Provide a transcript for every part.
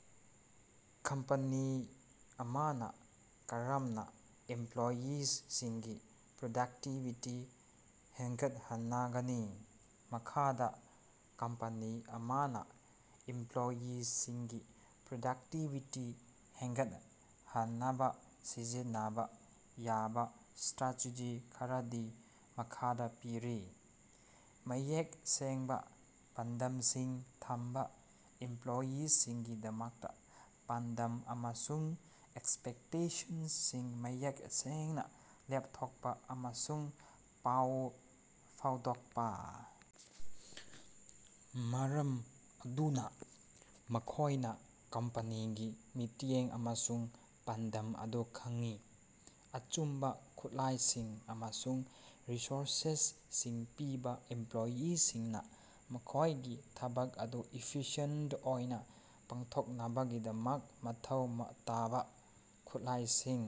" Company ꯑꯃꯅ ꯀꯔꯝꯅ ꯏꯝꯄ꯭ꯂꯣꯌꯤꯁꯤꯡꯒꯤ ꯄ꯭ꯔꯗꯛꯇꯤꯚꯤꯇꯤ ꯍꯦꯟꯒꯠꯍꯟꯒꯅꯤ? ꯃꯈꯥꯗ ꯀꯝꯄꯅꯤ ꯑꯃꯅ ꯏꯝꯄ꯭ꯂꯣꯌꯤꯁꯤꯡꯒꯤ ꯄ꯭ꯔꯗꯛꯇꯤꯚꯤꯇꯤ ꯍꯦꯟꯒꯠꯍꯟꯅꯕ ꯁꯤꯖꯤꯟꯅꯕ ꯌꯥꯕ ꯁ꯭ꯇꯔꯥꯇꯦꯖꯤ ꯈꯔꯗꯤ ꯃꯈꯥꯗ ꯄꯤꯔꯤ: ꯃꯌꯦꯛ ꯁꯦꯡꯕ ꯄꯥꯟꯗꯝꯁꯤꯡ ꯊꯝꯕ- ꯏꯝꯄ꯭ꯂꯣꯌꯤꯁꯤꯡꯒꯤꯗꯃꯛꯇ ꯄꯥꯟꯗꯝ ꯑꯃꯁꯨꯡ ꯑꯦꯛꯁꯄꯦꯛꯇꯦꯁꯟꯁꯤꯡ ꯃꯌꯦꯛ ꯁꯦꯡꯅ ꯂꯦꯞꯊꯣꯛꯄ ꯑꯃꯁꯨꯡ ꯄꯥꯎ ꯐꯥꯎꯗꯣꯛꯄ ꯃꯔꯝ ꯑꯗꯨꯅ ꯃꯈꯣꯏꯅ ꯀꯝꯄꯅꯤꯒꯤ ꯃꯤꯠꯌꯦꯡ ꯑꯃꯁꯨꯡ ꯄꯥꯟꯗꯝ ꯑꯗꯨ ꯈꯪꯏ꯫ ꯑꯆꯨꯝꯕ ꯈꯨꯠꯂꯥꯏꯁꯤꯡ ꯑꯃꯁꯨꯡ ꯔꯤꯁꯣꯔꯁꯁꯤꯡ ꯄꯤꯕ- ꯏꯝꯄ꯭ꯂꯣꯌꯤꯁꯤꯡꯅ ꯃꯈꯣꯏꯒꯤ ꯊꯕꯛ ꯑꯗꯨ ꯏꯐꯤꯁꯤꯑꯦꯟꯇ ꯑꯣꯏꯅ ꯄꯥꯡꯊꯣꯛꯅꯕꯒꯤꯗꯃꯛ ꯃꯊꯧ ꯇꯥꯕ ꯈꯨꯠꯂꯥꯏꯁꯤꯡ,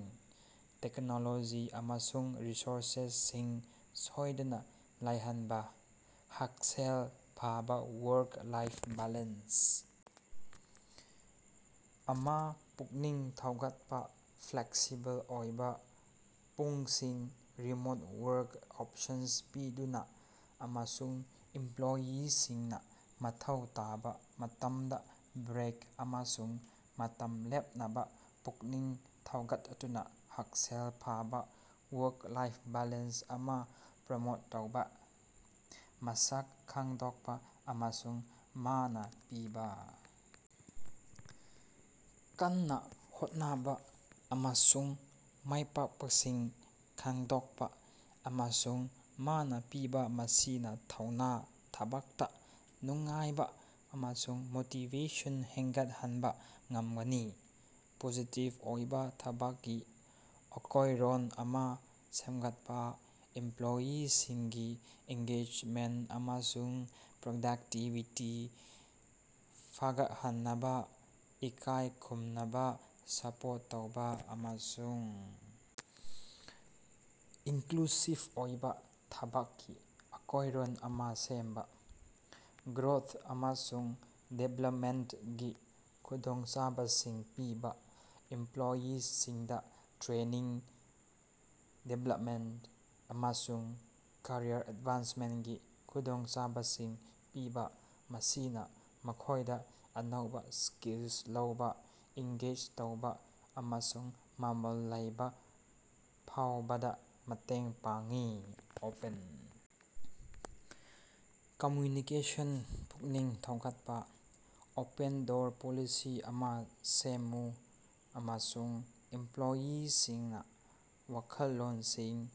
ꯇꯦꯛꯅꯣꯂꯣꯖꯤ ꯑꯃꯁꯨꯡ ꯔꯤꯁꯣꯔꯁꯁꯤꯡ ꯁꯣꯏꯗꯅ ꯂꯩꯍꯟꯕ꯫ ꯍꯛꯁꯦꯜ ꯐꯕ ꯋꯥꯔꯛ-ꯂꯥꯏꯐ ꯕꯦꯂꯦꯟꯁ ꯑꯃ ꯄꯨꯛꯅꯤꯡ ꯊꯧꯒꯠꯄ- ꯐ꯭ꯂꯦꯛꯁꯤꯕꯜ ꯑꯣꯏꯕ ꯄꯨꯡꯁꯤꯡ, ꯔꯤꯃꯣꯠ ꯋꯥꯔꯛ ꯑꯣꯞꯁꯟꯁꯤꯡ ꯄꯤꯗꯨꯅ, ꯑꯃꯁꯨꯡ ꯏꯝꯄ꯭ꯂꯣꯌꯤꯁꯤꯡꯅ ꯃꯊꯧ ꯇꯥꯕ ꯃꯇꯝꯗ ꯕ꯭ꯔꯦꯛ ꯑꯃꯁꯨꯡ ꯃꯇꯝ ꯂꯦꯞꯅꯕ ꯄꯨꯛꯅꯤꯡ ꯊꯧꯒꯠꯇꯨꯅ ꯍꯛꯁꯦꯜ ꯐꯕ ꯋꯥꯔꯛ-ꯂꯥꯏꯐ ꯕꯦꯂꯦꯟꯁ ꯑꯃ ꯄ꯭ꯔꯣꯃꯣꯠ ꯇꯧꯕ꯫ ꯃꯁꯛ ꯈꯪꯗꯣꯛꯄ ꯑꯃꯁꯨꯡ ꯃꯅꯥ ꯄꯤꯕ- ꯀꯟꯅ ꯍꯣꯠꯅꯕ ꯑꯃꯁꯨꯡ ꯃꯥꯏ ꯄꯥꯛꯄꯁꯤꯡ ꯈꯪꯗꯣꯛꯄ ꯑꯃꯁꯨꯡ ꯃꯅꯥ ꯄꯤꯕ ꯃꯁꯤꯅ ꯊꯧꯅ, ꯊꯕꯛꯇ ꯅꯨꯡꯉꯥꯏꯕ ꯑꯃꯁꯨꯡ ꯃꯣꯇꯤꯚꯦꯁꯟ ꯍꯦꯉꯠꯍꯟꯕ ꯉꯝꯒꯅꯤ꯫ ꯄꯣꯖꯤꯇꯤꯚ ꯑꯣꯏꯕ ꯊꯕꯛꯀꯤ ꯑꯀꯣꯌꯔꯣꯟ ꯑꯃꯥ ꯁꯦꯃꯒꯠꯄ- ꯏꯝꯄ꯭ꯂꯣꯌꯤꯁꯤꯡꯒꯤ ꯑꯦꯟꯒꯦꯗꯖꯃꯦꯟꯇ ꯑꯃꯁꯨꯡ ꯄ꯭ꯔꯗꯛꯇꯤꯚꯤꯇꯤ ꯐꯒꯠꯍꯟꯅꯕ ꯏꯀꯥꯏ ꯈꯨꯝꯅꯕ, ꯁꯄꯣꯔꯠ ꯇꯧꯕ ꯑꯃꯁꯨꯡ ꯏꯟꯀ꯭ꯂꯨꯁꯤꯚ ꯑꯣꯏꯕ ꯊꯕꯛꯀꯤ ꯑꯀꯣꯌꯔꯣꯟ ꯑꯃ ꯁꯦꯝꯕ꯫ ꯒ꯭ꯔꯣꯊ ꯑꯃꯁꯨꯡ ꯗꯤꯚꯦꯂꯞꯃꯦꯟꯇꯒꯤ ꯈꯨꯗꯣꯡꯆꯥꯕꯁꯤꯡ ꯄꯤꯕ- ꯏꯝꯄ꯭ꯂꯣꯌꯤꯁꯤꯡꯗ ꯇ꯭ꯔꯦꯅꯤꯡ, ꯗꯤꯚꯦꯂꯞꯃꯦꯟꯇ, ꯑꯃꯁꯨꯡ ꯀꯦꯔꯤꯌꯔ ꯑꯦꯗꯚꯥꯟꯁꯃꯦꯟꯇꯀꯤ ꯈꯨꯗꯣꯡꯆꯥꯕꯁꯤꯡ ꯄꯤꯕ ꯃꯁꯤꯅ ꯃꯈꯣꯏꯗ ꯑꯅꯧꯕ ꯁ꯭ꯀꯤꯜꯁꯤꯡ ꯂꯧꯕ, ꯑꯦꯟꯒꯦꯖ ꯇꯧꯕ ꯑꯃꯁꯨꯡ ꯃꯃꯜ ꯂꯩꯕ ꯐꯥꯎꯕꯗ ꯃꯇꯦꯡ ꯄꯥꯡꯉꯤ꯫ ꯑꯣꯄꯟ ꯀꯝꯃ꯭ꯌꯨꯅꯤꯀꯦꯁꯟ ꯄꯨꯛꯅꯤꯡ ꯊꯧꯒꯠꯄ- ꯑꯣꯄꯟ-ꯗꯣꯔ ꯄꯣꯂꯤꯁꯤ ꯑꯃ ꯁꯦꯝꯃꯨ ꯑꯃꯁꯨꯡ ꯏꯝꯄ꯭ꯂꯣꯌꯤꯁꯤꯡꯅ ꯋꯥꯈꯜꯂꯣꯟꯁꯤꯡ,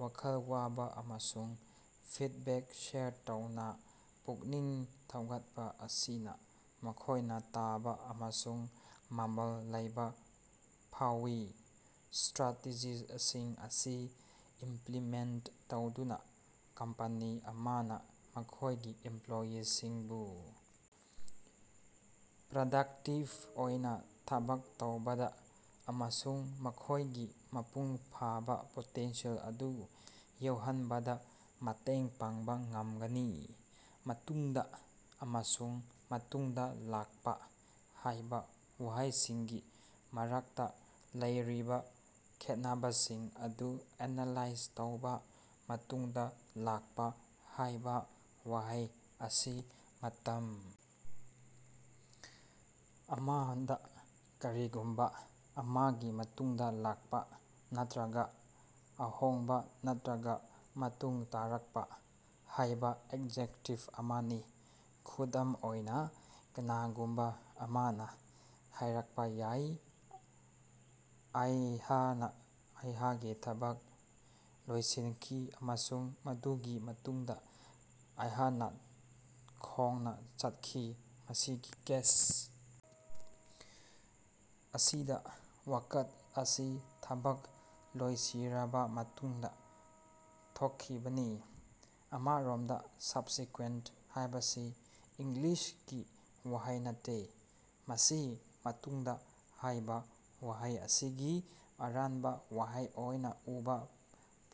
ꯋꯥꯈꯜ ꯋꯥꯕ ꯑꯃꯁꯨꯡ ꯐꯤꯗꯕꯦꯛ ꯁꯦꯌꯔ ꯇꯧꯅꯕ ꯄꯨꯛꯅꯤꯡ ꯊꯧꯒꯠꯄ ꯑꯁꯤꯅ ꯃꯈꯣꯏꯅ ꯇꯥꯕ ꯑꯃꯁꯨꯡ ꯃꯃꯜ ꯂꯩꯕ ꯐꯥꯎꯋꯤ꯫ ꯁ꯭ꯇꯔꯥꯇꯦꯖꯤꯁꯤꯡ ꯑꯁꯤ ꯏꯝꯄ꯭ꯂꯤꯃꯦꯟꯇ ꯇꯧꯗꯨꯅ ꯀꯝꯄꯦꯅꯤ ꯑꯃꯅ ꯃꯈꯣꯏꯒꯤ ꯏꯝꯄ꯭ꯂꯣꯌꯤꯁꯤꯡꯕꯨ ꯄ꯭ꯔꯗꯛꯇꯤꯚ ꯑꯣꯏꯅ ꯊꯕꯛ ꯇꯧꯕꯗ ꯑꯃꯁꯨꯡ ꯃꯈꯣꯏꯒꯤ ꯃꯄꯨꯡ ꯐꯥꯕ ꯄꯣꯇꯦꯟꯁꯤꯌꯦꯜ ꯑꯗꯨ ꯌꯧꯍꯟꯕꯗ ꯃꯇꯦꯡ ꯄꯥꯡꯕ ꯉꯝꯒꯅꯤ꯫ 'ꯃꯇꯨꯡꯗ' ꯑꯃꯁꯨꯡ 'ꯃꯇꯨꯡꯗ ꯂꯥꯛꯄ ꯍꯥꯏꯕ ꯋꯥꯍꯩꯁꯤꯡꯒꯤ ꯃꯔꯛꯇ ꯂꯩꯔꯤꯕ ꯈꯦꯠꯅꯕꯁꯤꯡ ꯑꯗꯨ ꯑꯦꯅꯂꯥꯏꯖ ꯇꯧꯕ- "ꯃꯇꯨꯡꯗ ꯂꯥꯛꯄ "" ꯍꯥꯏꯕ ꯋꯥꯍꯩ ꯑꯁꯤ ""ꯃꯇꯝ ꯑꯃꯗ ꯀꯔꯤꯒꯨꯝꯕ ꯑꯃꯒꯤ ꯃꯇꯨꯡꯗ ꯂꯥꯛꯄ " ꯅꯠꯇ꯭ꯔꯒ ""ꯑꯍꯣꯡꯕ ꯅꯠꯇ꯭ꯔꯒ ꯃꯇꯨꯡ ꯇꯥꯔꯛꯄ "" ꯍꯥꯏꯕ ꯑꯦꯗꯖꯦꯛꯇꯤꯚ ꯑꯃꯅꯤ꯫ ꯈꯨꯗꯝ ꯑꯣꯏꯅ, ꯀꯅꯥꯒꯨꯝꯕ ꯑꯃꯅ ꯍꯥꯏꯔꯛꯄ ꯌꯥꯏ, ""ꯑꯩꯅ ꯑꯩꯒꯤ ꯊꯕꯛ ꯂꯣꯏꯁꯤꯟꯈꯤ ꯑꯃꯁꯨꯡ ꯃꯗꯨꯒꯤ ꯃꯇꯨꯡꯗ ꯑꯩꯅ ꯈꯣꯡꯅ ꯆꯠꯈꯤ"" ꯃꯁꯤꯒꯤ ꯀꯦꯁ ꯑꯁꯤꯗ ꯋꯥꯀꯠ ꯑꯁꯤ ꯊꯕꯛ ꯂꯣꯏꯔꯕ ꯃꯇꯨꯡꯗ ꯊꯣꯛꯈꯤꯕꯅꯤ꯫ ꯑꯃꯔꯣꯝꯗ "ꯁꯕꯁꯤꯀꯨꯋꯦꯟꯇ"" ꯍꯥꯏꯕꯁꯤ ꯏꯪꯂꯤꯁꯀꯤ ꯋꯥꯍꯩ ꯅꯠꯇꯦ꯫ ꯃꯁꯤ "ꯃꯇꯨꯡꯗ" ꯍꯥꯏꯕ ꯋꯥꯍꯩ ꯑꯁꯤꯒꯤ ꯑꯔꯥꯟꯕ ꯋꯥꯍꯩ ꯑꯣꯏꯅ ꯎꯕ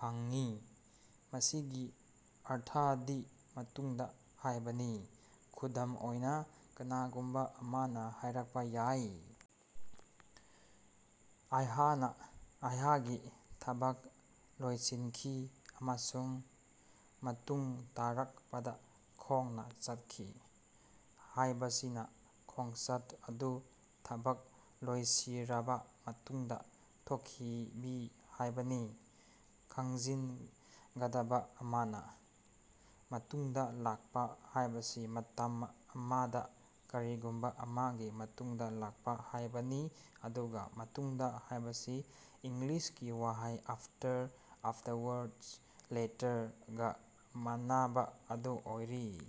ꯐꯪꯉꯤ꯫ ꯃꯁꯤꯒꯤ ꯑꯔꯊꯗꯤ "ꯃꯇꯨꯡꯗ" ꯍꯥꯏꯕꯅꯤ꯫ ꯈꯨꯗꯝ ꯑꯣꯏꯅ, ꯀꯅꯥꯒꯨꯝꯕ ꯑꯃꯅ ꯍꯥꯏꯔꯛꯄ ꯌꯥꯏ, "ꯑꯩꯅ ꯑꯩꯒꯤ ꯊꯕꯛ ꯂꯣꯏꯁꯤꯟꯈꯤ ꯑꯃꯁꯨꯡ ꯃꯇꯨꯡ ꯇꯥꯔꯛꯄꯗ ꯈꯣꯡꯅ ꯆꯠꯈꯤ"ꯍꯥꯏꯕꯁꯤꯅ ꯈꯣꯡꯆꯠ ꯑꯗꯨ ꯊꯕꯛ ꯂꯣꯏꯔꯕ ꯃꯇꯨꯡꯗ ꯊꯣꯛꯈꯤ ꯍꯥꯏꯕꯅꯤ꯫ ꯈꯪꯖꯤꯟꯒꯗꯕ ꯑꯃꯅ, "ꯃꯇꯨꯡꯗ ꯂꯥꯛꯄ"" ꯍꯥꯏꯕꯁꯤ ""ꯃꯇꯝ ꯑꯃꯗ ꯀꯔꯤꯒꯨꯝꯕ ꯑꯃꯒꯤ ꯃꯇꯨꯡꯗ ꯂꯥꯛꯄ"" ꯍꯥꯏꯕꯅꯤ, ꯑꯗꯨꯒ "ꯃꯇꯨꯡꯗ" ꯍꯥꯏꯕꯁꯤ ꯏꯪꯂꯤꯁꯀꯤ ꯋꯥꯍꯩ